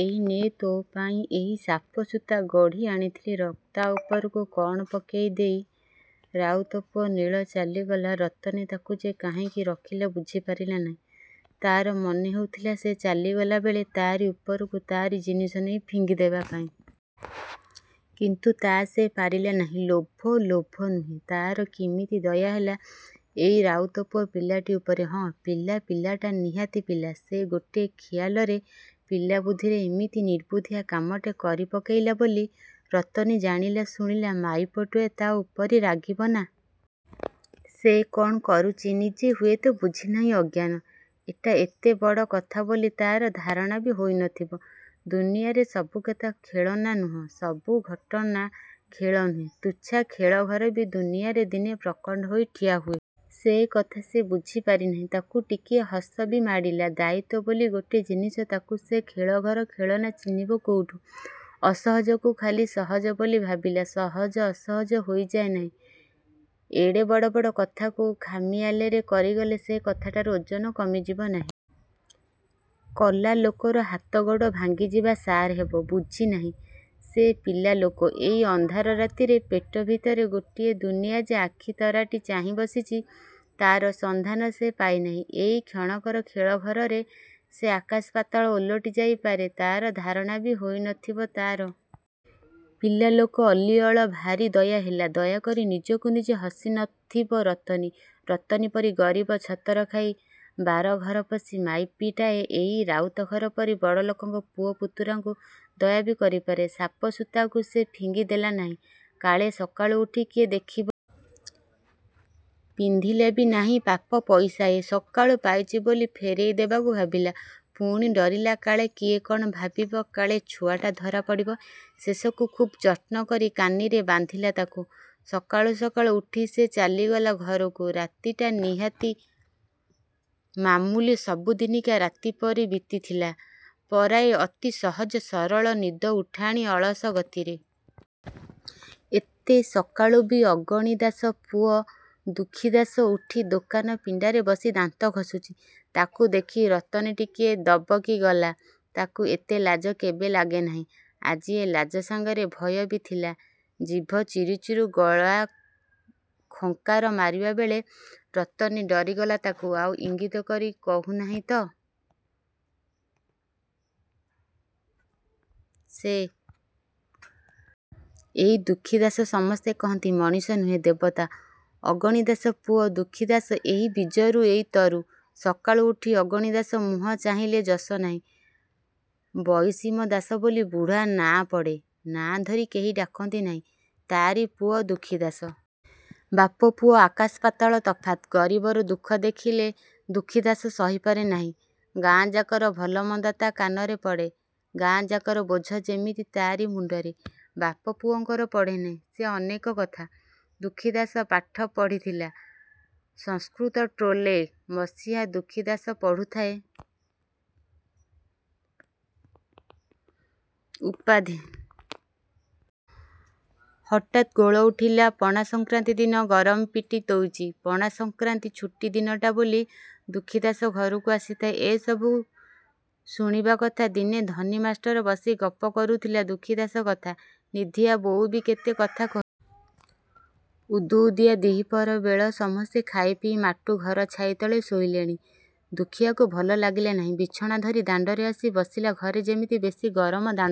ଏଇ ନେ ତୋପାଇଁ ଏଇ ସାପସୂତା ଗଢ଼ି ଆଣିଥିଲି ରଖ। '' ତା' ଉପରକୁ କ'ଣ ପକେଇ ଦେଇ ରାଉତପୁଅ ନୀଳ ଚାଲିଗଲା। ରତନୀ ତାକୁ ଯେ କାହିଁକି ରଖିଲା ବୁଝି ପାରିଲା ନାହିଁ। ତା'ର ମନେହେଉଥିଲା ସେ ଚାଲିଗଲାବେଳେ ତା'ରି ଉପରକୁ ତା'ରି ଜିନିଷ ନେଇ ଫିଙ୍ଗି ଦେବାପାଇଁ। କିନ୍ତୁ ତା' ସେ ପାରିଲା ନାହିଁ। ଲୋଭ? ଲୋଭ ନୁହେଁ। ତା'ର କିମିତି ଦୟା ହେଲା ଏଇ ରାଉତପୁଅ ପିଲାଟା ଉପରେ। ହଁ ପିଲା, ପିଲାଟା ନିହାତି ପିଲା। ସେ ଗୋଟେ ଖିଆଲରେ, ପିଲା ବୁଦ୍ଧିରେ ଏମିତି ନିର୍ବୁଦ୍ଧିଆ କାମଟେ କରି ପକେଇଲା ବୋଲି ରତନୀ ଜାଣିଲା ଶୁଣିଲା ମାଇପୁଟାଏ ତା' ଉପରେ ରାଗିବନା? ସେ କ'ଣ କରୁଚି ନିଜେ ହୁଏତ ବୁଝି ନାହିଁ ଅଜ୍ଞାନ। ଏଟା ଏତେ ବଡ଼ କଥା ବୋଲି ତା'ର ଧାରଣାବି ହୋଇ ନଥିବ। ଦୁନିଆରେ ସବୁକଥା ଖେଳନା ନୁହ, ସବୁ ଘଟନା ଖେଳ ନୁହେଁ। ତୁଚ୍ଛା ଖେଳଘରବି ଦୁନିଆରେ ଦିନେ ପ୍ରକାଣ୍ତ ହେଇ ଠିଆ ହୁଏ। ସେ କଥା ସେ ବୁଝି ପାରିନାହିଁ। ତାକୁ ଟିକିଏ ହସବି ମାଡ଼ିଲା। ଦାୟିତ୍ୱ ବୋଲି ଗୋଟେ ଜିନିଷ ତାକୁ ସେ ଖେଳ ଘର ଖେଳନା ଚିହ୍ନିବ କୋଉଠୁଁ। ଅସହଜକୁ ଖାଲି ସହଜ ବୋଲି ଭାବିଲେ ଅସହଜ ସହଜ ହେଇଯାଏ ନାହିଁ। ଏଡ଼େ ବଡ଼ବଡ଼ କଥାକୁ ଖାମ୍ଖିଆଲରେ କରିଗଲେ ସେ କଥାଟାର ଓଜନ କମିଯିବ ନାହିଁ। କଲା ଲୋକର ହାତଗୋଡ଼ ଭାଙ୍ଗିଯିବା ସାର ହେବ। ବୁଝିନାହିଁ ସେ। ପିଲା ଲୋକ। ଏଇ ଅନ୍ଧାର ରାତିରେ ପେଟ ଭିତରେ ଗୋଟେ ଦୁନିଆ ଯେ ଆଖି ତରାଟି ଚାହିଁ ବସିଚି ତା'ର ସନ୍ଧାନ ସେ ପାଇ ନାହିଁ। ଏଇ କ୍ଷଣକର ଖେଳ ଘରରେ ଯେ ଆକାଶପାତାଳ ଓଲଟି ଯାଇ ପାରେ ତା'ର ଧାରଣାବି ହେଇ ନଥିବ ତା'ର। ପିଲା ଲୋକ ଅଲିଅଳ। ଭାରିଦୟା ହେଲା। ଦୟାକରି ନିଜକୁ ନିଜେ ହସି ନଥିବ ରତନୀ? ରତନୀ ପରି ଗରିବ ଛତରଖାଇ, ବାରଘରପଶୀ ମାଇପିଟାଏ ଏଇ ରାଉତଘର ପରି ବଡ଼ଲୋକଙ୍କ ପୁଅ ପୁତୁରାଙ୍କୁ ଦୟାବି କରିପାରେ। ସାପସୂତାକୁ ସେ ଫିଙ୍ଗି ଦେଲା ନାହିଁ। କାଳେ ସକାଳୁ ଉଠି କିଏ ଦେଖିବ। ପିନ୍ଧିଲାବି ନାହିଁ। ପାପ ପଇସା ଏ। ସକାଳୁ ପାଇଚି ବୋଲି ଫେରେଇ ଦେବାକୁ ଭାବିଲା। ପୁଣି ଡରିଲା କାଳେ କିଏ କ'ଣ ଭାବିବ କାଳେ ଛୁଆଟା ଧରା ପଡ଼ିବ। ଶେଷକୁ ଖୁବ୍ ଯତ୍ନ କରି କାନିରେ ବାନ୍ଧିଲା ତାକୁ। ସକାଳୁ ସକାଳୁ ଉଠି ସେ ଚାଲିଗଲା ଘରକୁ ରାତିଟା ନିହାତି ମାମୁଲି ସବୁଦିନିକା ରାତି ପରି ବିତିଥିଲା ପରାଏ ଅତି ସହଜ ସରଳ ନିଦଉଠାଣି ଅଳସ ଗତିରେ। ଏତେ ସକାଳୁବି ଅଗଣୀ ଦାଶ ପୁଅ ଦୁଃଖୀଦାଶ ଉଠି ଦୋକାନ ପିଣ୍ତାରେ ବସି ଦାନ୍ତ ଘଷୁଚି। ତାକୁ ଦେଖି ରତନୀ ଟିକିଏ ଦବକିଗଲା। ତାକୁ ଏତେ ଲାଜ କେବେ ଲାଗେ ନାହିଁ। ଆଜି ଏ ଲାଜ ସାଙ୍ଗରେ ଭୟବି ଥିଲା। ଜିଭ ଚିରୁ ଚିରୁ ଗଲା ଖଙ୍କାର ମାରିବାବେଳେ ରତନୀ ଡରିଗଲା ତାକୁ ଆଉ ଇଙ୍ଗିତ କରୁନାହିଁ ତ ସେ। ଏଇ ଦୁଃଖୀ ଦାଶ। ସମସ୍ତେ କହନ୍ତି, ମଣିଷନୁହେଁ ଦେବତା। ଅଗଣିଦାଶ ପୁଅ ଦୁଃଖୀଦାଶ। ଏଇ ବୀଜରୁ ଏଇ ତରୁ! ସକାଳୁ ଉଠି ଅଗଣିଦାଶ ମୁହଁ ଚାହିଁଲେ ଯଶ ନାହିଁ। ବଇଷିମ ଦାଶ ବୋଲି ବୁଢ଼ା ନାଆଁ ପଡ଼େ। ନାଆଁ ଧରି କେହି ଡାକନ୍ତି ନାହିଁ। ତା'ରି ପୁଅ ଦୁଃଖୀ ଦାଶ। ବାପପୁଅ ଆକାଶପାତାଳ ତଫାତ। ଗରିବର ଦୁଃଖ ଦେଖିଲେ ଦୁଃଖୀଦାଶ ସହିପାରେ ନାହିଁ। ଗାଁଯାକର ଭଲମନ୍ଦ ତା' କାନରେ ପଡ଼େ। ଗାଁଯାକର ବୋଝ ଯେମିତି ତା'ରି ମୁଣ୍ତରେ। ବାପପୁଅଙ୍କର ପଡ଼େ ନାହିଁ। ସେ ଅନେକ କଥା। ଦୁଃଖୀଦାଶ ପାଠ ପଢ଼ିଥିଲା ସଂସ୍କୃତ ଟୋଲ୍ରେ। ମସିହା। ଦୁଃଖୀଦାଶ ପଢ଼ୁଥାଏ ଉପାଧି। ହଠାତ ଗୋଳ ଉଠିଲା। ପଣାସଂକ୍ରାନ୍ତି ଦିନ। ଗରମ ପିଟି ଦଉଚି। ପଣାସଂକ୍ରାନ୍ତି ଛୁଟି ଦିନଟା ବୋଲି ଦୁଃଖୀଦାଶ ଘରକୁ ଆସିଥାଏ। ଏ ସବୁ ଶୁଣିବା କଥା। ଦିନେ ଧନୀ ମାଷ୍ଟର ବସି ଗପ କରୁଥିଲା ଦୁଃଖୀ ଦାଶ କଥା। ନିଧିଆ ବୋଉବି କେତେ କଥା କହିଛି। ଉଦୁଉଦିଆ ଦିପହର ବେଳ। ସମସ୍ତେ ଖାଇ ପିଇ ମାଟୁ ଘର ଛାଇ ତଳେ ଶୋଇଲେଣି-। ଦୁଃଖୀଆକୁ ଭଲ ଲାଗିଲା ନାହିଁ। ବିଞ୍ଚଣା ଧରି ଦାଣ୍ତରେ ଆସି ବସିଲା। ଘରେ ଯେମିତି ବେଶି ଗରମ ଦାଣ୍ତଠୁ।